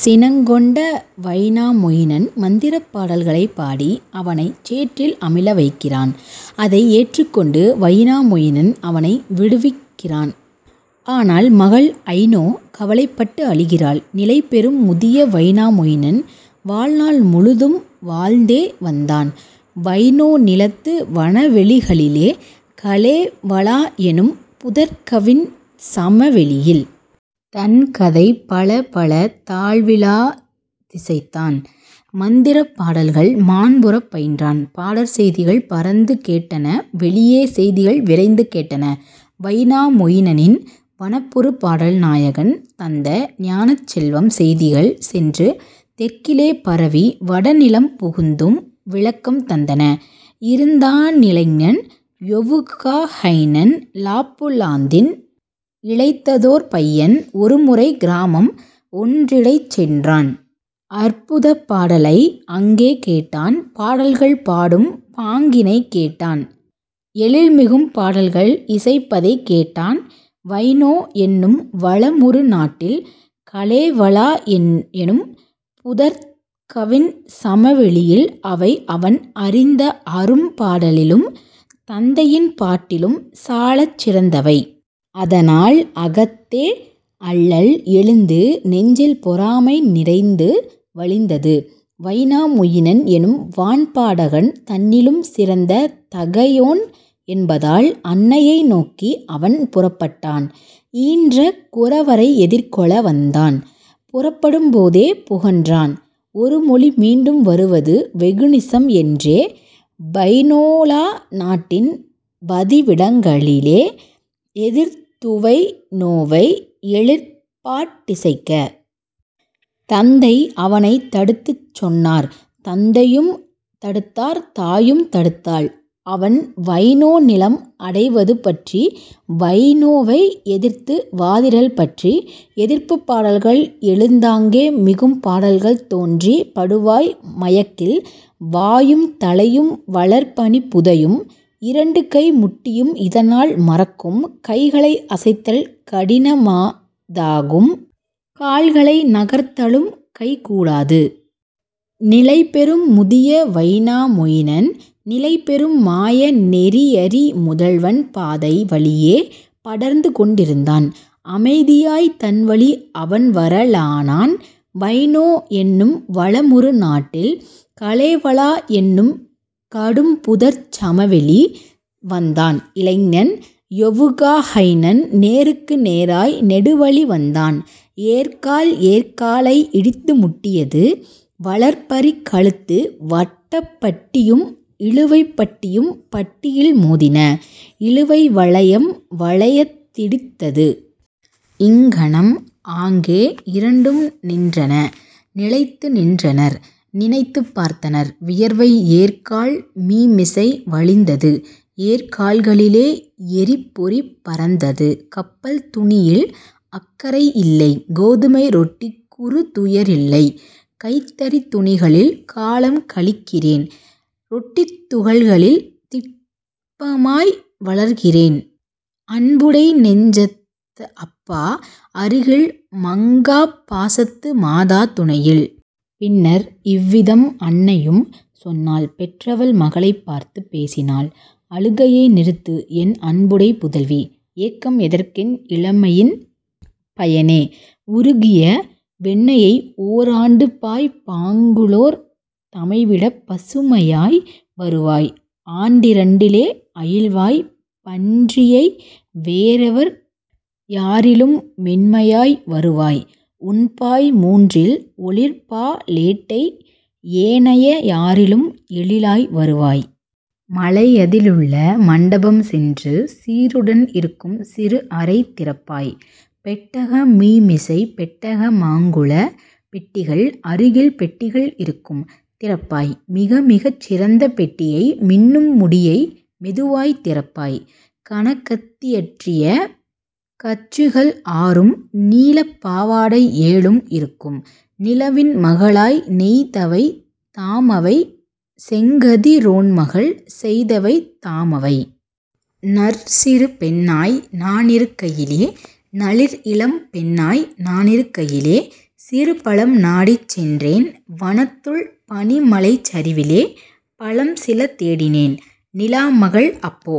சினங் கொண்ட வைனாமொயினன் மந்திரப் பாடல்களைப் பாடி அவனைச் சேற்றில் அமிழ வைக்கிறான். அதை ஏற்றுக்கொண்டு வைனாமொயினன் அவனை விடுவிக்கிறான். ஆனால் மகள் ஐனோ கவலைப்பட்டு அழுகிறாள். நிலைபெறும் முதிய வைனா மொயினன் வாழ்நாள் முழுதும் வாழ்ந்தே வந்தான் வைனோ நிலத்து வனவெளிகளிலே கலேவலா எனும்புதர்க் கவின்சம வெளியில். தன்கதை பலப்பல தாழ்விலாதிசைத்தான் மந்திரப் பாடல்கள் மாண்புறப் பயின்றான். பாடற் செய்திகள் பரந்து கேட்டன வெளியே செய்திகள் விரைந்து கேட்டன வைனா மொயினனின் வனப்புறு பாடல் நாயகன் தந்த ஞானச் செல்வம் செய்திகள் சென்று தெற்கிலே பரவி வடநிலம் புகுந்தும் விளக்கம் தந்தன. இருந்தானிளைஞன் யொவுகாஹைனன் லாப்புலாந்தின் இளைத்ததோர் பையன் ஒருமுறை கிராமம் ஒன்றிடைச் சென்றான் அற்புதப் பாடலை அங்கே கேட்டான் பாடல்கள் பாடும் பாங்கினைக் கேட்டான் எழில்மிகும் பாடல்கள் இசைப்பதைக் கேட்டான் வைனோ என்னும் வளமுறு நாட்டில் கலேவலா எனும்புதர்க் கவின்சம வெளியில் அவைஅவன் அறிந்த அரும்பாடலிலும் தந்தையின் பாட்டிலும் சாலச் சிறந்தவை. அதனால் அகத்தே அல்லல் எழுந்து நெஞ்சில் பொறாமை நிறைந்து வழிந்தது வைனா மொயினன் எனும்வான் பாடகன் தன்னிலும் சிறந்த தகையோன் என்பதால்; அன்னையை நோக்கி அவன் புறப்பட்டான் ஈன்ற குரவரை எதிர்கொள வந்தான் புறப்படும் போதே புகன்றான் ஒருமொழி மீண்டும் வருவது வெகுநிசம் என்றே வைனோலா நாட்டின் வதிவிடங்களிலே எதிர்த்துவைனோவை எழிற்பாட்டிசைக்க. தந்தை அவனைத் தடுத்துச் சொன்னார் தந்தையும் தடுத்தார் தாயும் தடுத்தாள் அவன்வைனோநிலம் அடைவது பற்றி வைனோவை எதிர்த்து வாதிடல் பற்றி; எதிர்ப்புப் பாடல்கள் எழுந்தாங்கே மிகும் பாடல்கள் தோன்றிப் படுவாய் மயக்கில் வாயும் தலையும் வளர்பனிப் புதையும் இரண்டுகை முட்டியும் இதனால் மரக்கும் கைகளை அசைத்தல் கடினமதாகும் கால்களை நகர்த்தலும் கைகூடாது. நிலைபெறும் முதிய வைனா மொயினன் நிலைபெறும் மாய நெறியறி முதல்வன் பாதை வழியே படர்ந்துகொண்டிருந்தான் அமைதியாய்த் தன்வழி அவன்வர லானான் வைனோ என்னும் வளமுறு நாட்டில் கலேவலா என்னும் கடும்புதர்ச் சமவெளி. வந்தான் இளைஞன் யொவுகாஹைனன் நேருக்கு நேராய் நெடுவழி வந்தான் ஏர்க்கால் ஏர்க்காலை இடித்துமுட்டியது வளர்பரிக் கழுத்து வட்டப் பட்டியும் இழுவைப் பட்டியும் பட்டியில் மோதின இழுவை வளையம் வளையத் திடித்தது. இங்ஙனம் ஆங்கே இரண்டும் நின்றன நிலைத்து நின்றனர் நினைத்துப் பார்த்தனர் வியர்வை ஏர்க்கால் மீமிசை வழிந்தது ஏர்க்கால்களிலே எரிப்பொறி பறந்தது. கப்பல் துணியில் அக்கறை இல்லை கோதுமை ரொட்டிக் குறுதுயரில்லை கைத்தறித் துணிகளில் காலம்கழிக்கிறேன் ரொட்டித் துகள்களில் திட்பமாய் வளர்கிறேன் அன்புடை நெஞ்சத் அப்பா அருகில் மங்காப் பாசத்து மாதா துணையில். பின்னர் இவ்விதம் அன்னையும் சொன்னாள் பெற்றவள் மகளைப் பார்த்துப் பேசினாள்: அழுகையை நிறுத்துஎன் அன்புடைப் புதல்வி! ஏக்கம் எதற்கென் இளமையின் பயனே! உருகிய வெண்ணையை ஓராண்டுண்பாய் பாங்குளோர் தமைவிடப் பசுமையாய் வருவாய் ஆண்டிரண்டினிலே அயில்வாய் பன்றியை வேறெவர் யாரிலும் மென்மையாய் வருவாய் உண்பாய் மூன்றில் ஒளிர்பாலேட்டை ஏனைய யாரிலும் எழிலாய் வருவாய். மலையதியிலுள்ள மண்டபம் சென்று சீருடன் இருக்கும் சிறுஅறை திறப்பாய் பெட்டக மீமிசை பெட்டக மாங்குள பெட்டிகள் அருகில் பெட்டிகள் இருக்கும் திறப்பாய் மிகமிகச் சிறந்த பெட்டியை மின்னும் முடியை மெதுவாய்த் திறப்பாய் கனகத்தியற்றிய கச்சுகள் ஆறும் நீலப்பாவாடை ஏழும் இருக்கும் நிலவின் மகளால் நெய்தவை தாமவை செங்கதிரோன்மகள் செய்தவை தாமவை. நற்சிறு பெண்ணாய் நானிருக்கையிலே நளிர்இளம் பெண்ணாய் நானிருக்கையிலே சிறுபழம் நாடிச் சென்றேன் வனத்துள் பனிமலைச்சரிவிலே பழம்சில தேடினேன் நிலாமகள் அப்போ